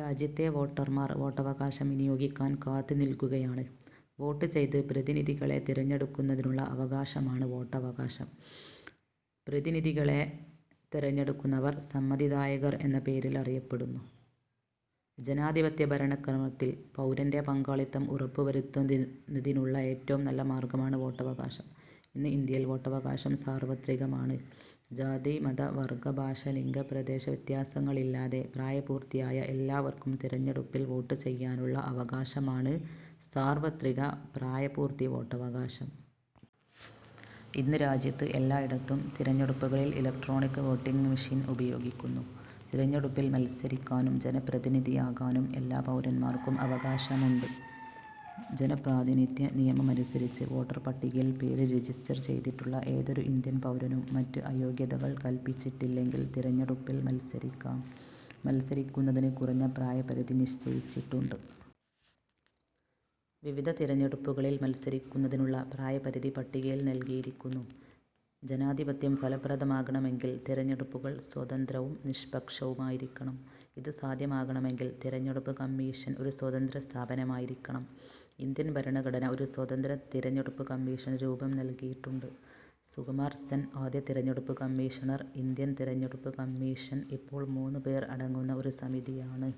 രാജ്യത്തെ വോട്ടർമാർ വോട്ടവകാശം വിനിയോഗിക്കാൻ കാത്തുനിൽക്കുകയാണ്. വോട്ട് ചെയ്ത് പ്രതിനിധികളെ തിരഞ്ഞെടുക്കുന്നതിനുള്ള അവകാശമാണ് വോട്ടവകാശം. പ്രതിനിധികളെ തിരഞ്ഞെടുക്കുന്നവർ സമ്മതിദായകർ എന്ന പേരിലറിയപ്പെടുന്നു. ജനാധിപത്യ ഭരണക്രമത്തിൽ പൗരന്റെ പങ്കാളിത്തം ഉറപ്പുവരുത്തുന്നതിനുള്ള ഏറ്റവും നല്ല മാർഗമാണ് വോട്ടവകാശം. ഇന്ന് ഇന്ത്യയിൽ വോട്ടവകാശം സാർവത്രികമാണ്. ജാതി-മത-വർഗ-ഭാഷ-ലിംഗ-പ്രദേശ വ്യത്യാസങ്ങളില്ലാതെ പ്രായപൂർത്തിയായ എല്ലാവർക്കും തിരഞ്ഞെടുപ്പിൽ വോട്ട് ചെയ്യാനുള്ള അവകാശമാണ് സാർവത്രിക പ്രായപൂർത്തി വോട്ടവകാശം. ഇന്ന് രാജ്യത്ത് എല്ലായിടത്തും തിരഞ്ഞെടുപ്പുകളിൽ ഇലക്ട്രോണിക് വോട്ടിങ് മെഷീൻ ഉപയോഗിക്കുന്നു. തിരഞ്ഞെടുപ്പിൽ മത്സരിക്കാനും ജനപ്രതിനിധിയാകാനും എല്ലാ പൗരന്മാർക്കും അവകാശമുണ്ട്. ജനപ്രാതിനിധ്യ നിയമമനുസരിച്ച് വോട്ടർ പട്ടികയിൽ പേര് രജിസ്റ്റർ ചെയ്തിട്ടുള്ള ഏതൊരു ഇന്ത്യൻ പൗരനും മറ്റ് അയോഗ്യതകൾ കൽപ്പിച്ചിട്ടില്ലെങ്കിൽ തിരഞ്ഞെടുപ്പിൽ മത്സരിക്കാം. മത്സരിക്കുന്നതിന് കുറഞ്ഞ പ്രായ പരിധി നിശ്ചയിച്ചിട്ടുണ്ട്. വിവിധ തിരഞ്ഞെടുപ്പുകളിൽ മത്സരിക്കുന്നതിനുള്ള പ്രായപരിധി പട്ടികയിൽ നൽകിയിരിക്കുന്നു. ജനാധിപത്യം ഫലപ്രദമാകണമെങ്കിൽ തിരഞ്ഞെടുപ്പുകൾ സ്വതന്ത്രവും നിഷ്പക്ഷവുമായിരിക്കണം. ഇത് സാധ്യമാകണമെങ്കിൽ തിരഞ്ഞെടുപ്പ് കമ്മീഷൻ ഒരു സ്വതന്ത്ര സ്ഥാപനമായിരിക്കണം. ഇന്ത്യൻ ഭരണഘടന ഒരു സ്വതന്ത്ര തിരഞ്ഞെടുപ്പ് കമ്മീഷന് രൂപം നൽകിയിട്ടുണ്ട്. സുകുമാർ സെൻ ആദ്യ തിരഞ്ഞെടുപ്പ് കമ്മീഷണർ ഇന്ത്യൻ തിരഞ്ഞെടുപ്പ് കമ്മീഷൻ ഇപ്പോൾ മൂന്നു പേർ അടങ്ങുന്ന ഒരു സമിതിയാണ്.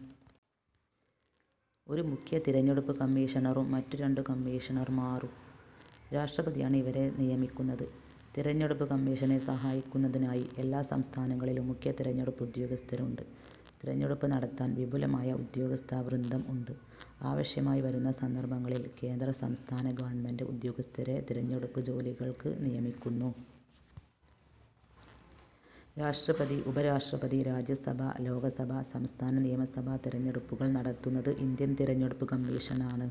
ഒരു മുഖ്യ തിരഞ്ഞെടുപ്പ് കമ്മീഷണറും മറ്റു രണ്ടു കമ്മീഷണർമാരും. രാഷ്ട്രപതിയാണ് ഇവരെ നിയമിക്കുന്നത്. തിരഞ്ഞെടുപ്പു കമ്മീഷനെ സഹായിക്കുന്നതിനായി എല്ലാ സംസ്ഥാനങ്ങളിലും മുഖ്യ തിരഞ്ഞെടുപ്പുദ്യോഗസ്ഥരുണ്ട്. തിരഞ്ഞെടുപ്പ് നടത്താൻ വിപുലമായ ഉദ്യോഗസ്ഥവൃന്ദം ഉണ്ട്. ആവശ്യമായി വരുന്ന സന്ദർഭങ്ങളിൽ കേന്ദ്ര-സംസ്ഥാന ഗവൺമെന്റ് ഉദ്യോഗസ്ഥരെ തിരഞ്ഞെടുപ്പു ജോലികൾക്ക് നിയമിക്കുന്നു. രാഷ്ട്രപതി, ഉപരാഷ്ട്രപതി, രാജ്യസഭ, ലോകസഭ, സംസ്ഥാന നിയമസഭാ തിരഞ്ഞെടുപ്പുകൾ നടത്തുന്നത് ഇന്ത്യൻ തിരഞ്ഞെടുപ്പ് കമ്മീഷനാണ്.